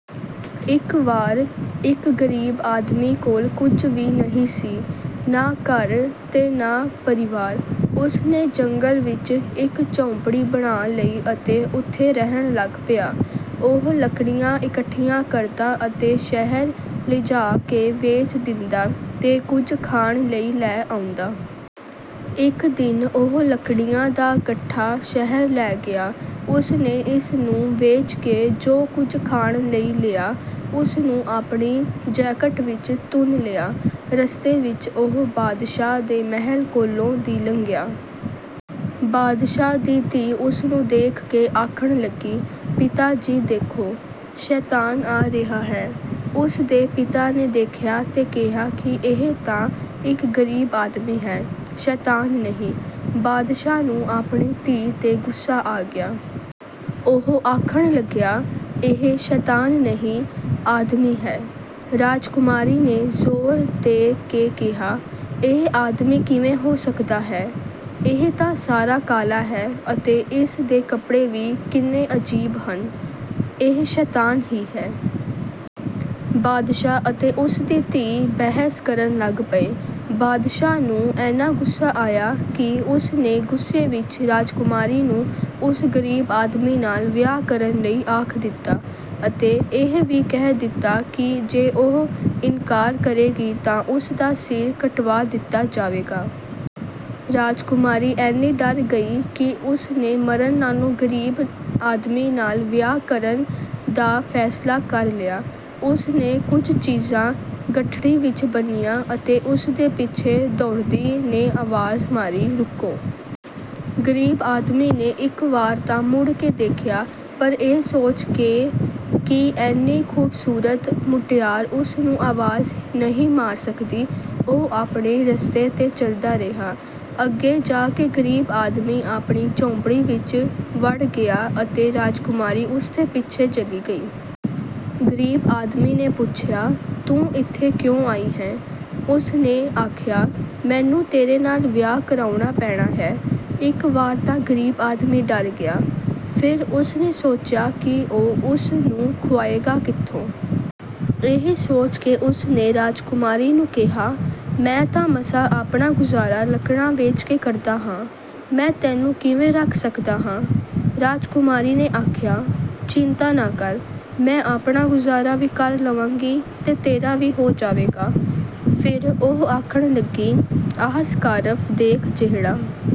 ਇੱਕ ਵਾਰ ਇੱਕ ਗ਼ਰੀਬ ਆਦਮੀ ਕੋਲ ਕੁਝ ਵੀ ਨਹੀਂ ਸੀ, ਨਾ ਘਰ ਤੇ ਨਾ ਪਰਿਵਾਰ। ਉਸ ਨੇ ਜੰਗਲ ਵਿੱਚ ਇੱਕ ਝੌਂਪੜੀ ਬਣਾ ਲਈ ਅਤੇ ਉੱਥੇ ਰਹਿਣ ਲੱਗ ਪਿਆ। ਉਹ ਲੱਕੜੀਆਂ ਇਕੱਠੀਆਂ ਕਰਦਾ ਅਤੇ ਸ਼ਹਿਰ ਲਿਜਾ ਕੇ ਵੇਚ ਦਿੰਦਾ ਤੇ ਕੁਝ ਖਾਣ ਲਈ ਲੈ ਆਉਂਦਾ। ਇੱਕ ਦਿਨ ਉਹ ਲੱਕੜੀਆਂ ਦਾ ਗੱਠਾ ਸ਼ਹਿਰ ਲੈ ਗਿਆ। ਉਸ ਨੇ ਇਸ ਨੂੰ ਵੇਚ ਕੇ ਜੋ ਕੁਝ ਖਾਣ ਲਈ ਲਿਆ, ਉਸ ਨੂੰ ਆਪਣੀ ਜੈਕਟ ਵਿੱਚ ਤੁੰਨ ਲਿਆ। ਰਸਤੇ ਵਿੱਚ ਉਹ ਬਾਦਸ਼ਾਹ ਦੇ ਮਹਿਲ ਕੋਲੋਂ ਦੀ ਲੰਘਿਆ। ਬਾਦਸ਼ਾਹ ਦੀ ਧੀ ਉਸ ਨੂੰ ਦੇਖ ਕੇ ਆਖਣ ਲੱਗੀ, "ਪਿਤਾ ਜੀ ਦੇਖੋ, ਸ਼ੈਤਾਨ ਆ ਰਿਹਾ ਹੈ।" ਉਸ ਦੇ ਪਿਤਾ ਨੇ ਦੇਖਿਆ ਤੇ ਕਿਹਾ ਕਿ ਇਹ ਤਾਂ ਇੱਕ ਗ਼ਰੀਬ ਆਦਮੀ ਹੈ, ਸ਼ੈਤਾਨ ਨਹੀਂ। ਬਾਦਸ਼ਾਹ ਨੂੰ ਆਪਣੀ ਧੀ 'ਤੇ ਗੁੱਸਾ ਆ ਗਿਆ। ਉਹ ਆਖਣ ਲੱਗਿਆ, "ਇਹ ਸ਼ੈਤਾਨ ਨਹੀਂ, ਆਦਮੀ ਹੈ।" ਰਾਜਕੁਮਾਰੀ ਨੇ ਜ਼ੋਰ ਦੇ ਕੇ ਕਿਹਾ, "ਇਹ ਆਦਮੀ ਕਿਵੇਂ ਹੋ ਸਕਦਾ ਹੈ। ਇਹ ਤਾਂ ਸਾਰਾ ਕਾਲਾ ਹੈ ਅਤੇ ਇਸ ਦੇ ਕੱਪੜੇ ਵੀ ਕਿੰਨੇ ਅਜੀਬ ਹਨ, ਇਹ ਸ਼ੈਤਾਨ ਹੀ ਹੈ।" ਬਾਦਸ਼ਾਹ ਅਤੇ ਉਸ ਦੀ ਧੀ ਬਹਿਸ ਕਰਨ ਲੱਗ ਪਏ। ਬਾਦਸ਼ਾਹ ਨੂੰ ਐਨਾ ਗੁੱਸਾ ਆਇਆ ਕਿ ਉਸ ਨੇ ਗੁੱਸੇ ਵਿੱਚ ਰਾਜਕੁਮਾਰੀ ਨੂੰ ਉਸ ਗ਼ਰੀਬ ਆਦਮੀ ਨਾਲ ਵਿਆਹ ਕਰਨ ਲਈ ਆਖ ਦਿੱਤਾ ਅਤੇ ਇਹ ਵੀ ਕਹਿ ਦਿੱਤਾ ਕਿ ਜੇ ਉਹ ਇਨਕਾਰ ਕਰੇਗੀ ਤਾਂ ਉਸ ਦਾ ਸਿਰ ਕਟਵਾ ਦਿੱਤਾ ਜਾਵੇਗਾ। ਰਾਜਕੁਮਾਰੀ ਐਨੀ ਡਰ ਗਈ ਕਿ ਉਸ ਨੇ ਮਰਨ ਨਾਲੋਂ ਗ਼ਰੀਬ ਆਦਮੀ ਨਾਲ ਵਿਆਹ ਕਰਨ ਦਾ ਫ਼ੈਸਲਾ ਕਰ ਲਿਆ। ਉਸ ਨੇ ਕੁਝ ਚੀਜ਼ਾਂ ਗੱਠੜੀ ਵਿੱਚ ਬੰਨ੍ਹੀਆਂ ਅਤੇ ਉਸ ਦੇ ਪਿੱਛੇ ਦੌੜਦੀ ਨੇ ਆਵਾਜ਼ ਮਾਰੀ, "ਰੁਕੋ।" ਗ਼ਰੀਬ ਆਦਮੀ ਨੇ ਇੱਕ ਵਾਰ ਤਾਂ ਮੁੜ ਕੇ ਦੇਖਿਆ ਪਰ ਇਹ ਸੋਚ ਕੇ ਕਿ ਐਨੀ ਖ਼ੂਬਸੂਰਤ ਮੁਟਿਆਰ ਉਸ ਨੂੰ ਆਵਾਜ਼ ਨਹੀਂ ਮਾਰ ਸਕਦੀ, ਉਹ ਆਪਣੇ ਰਸਤੇ 'ਤੇ ਚੱਲਦਾ ਰਿਹਾ। ਅੱਗੇ ਜਾ ਕੇ ਗ਼ਰੀਬ ਆਦਮੀ ਆਪਣੀ ਝੌਂਪੜੀ ਵਿੱਚ ਵੜ ਗਿਆ ਅਤੇ ਰਾਜਕੁਮਾਰੀ ਉਸ ਦੇ ਪਿੱਛੇ ਚਲੀ ਗਈ। ਗ਼ਰੀਬ ਆਦਮੀ ਨੇ ਪੁੱਛਿਆ, "ਤੂੰ ਇੱਥੇ ਕਿਉਂ ਆਈ ਐਂ?" ਉਸ ਨੇ ਆਖਿਆ, "ਮੈਨੂੰ ਤੇਰੇ ਨਾਲ ਵਿਆਹ ਕਰਾਉਣਾ ਪੈਣਾ ਹੈ।" ਇੱਕ ਵਾਰ ਤਾਂ ਗ਼ਰੀਬ ਆਦਮੀ ਡਰ ਗਿਆ। ਫਿਰ ਉਸ ਨੇ ਸੋਚਿਆ ਕਿ ਉਹ ਉਸ ਨੂੰ ਖੁਆਏਗਾ ਕਿੱਥੋਂ। ਇਹ ਸੋਚ ਕੇ ਉਸ ਨੇ ਰਾਜਕੁਮਾਰੀ ਨੂੰ ਕਿਹਾ, "ਮੈਂ ਤਾਂ ਮਸਾਂ ਆਪਣਾ ਗੁਜ਼ਾਰਾ ਲੱਕੜਾਂ ਵੇਚ ਕੇ ਕਰਦਾ ਹਾਂ, ਮੈਂ ਤੈਨੂੰ ਕਿਵੇਂ ਰੱਖ ਸਕਦਾ ਹਾਂ।" ਰਾਜਕੁਮਾਰੀ ਨੇ ਆਖਿਆ, "ਚਿੰਤਾ ਨਾ ਕਰ, ਮੈਂ ਆਪਣਾ ਗੁਜ਼ਾਰਾ ਵੀ ਕਰ ਲਵਾਂਗੀ ਤੇ ਤੇਰਾ ਵੀ ਹੋ ਜਾਵੇਗਾ।" ਫਿਰ ਉਹ ਆਖਣ ਲੱਗੀ, "ਆਹ ਸਕਾਰਫ਼ ਦੇਖ ਜਿਹੜਾ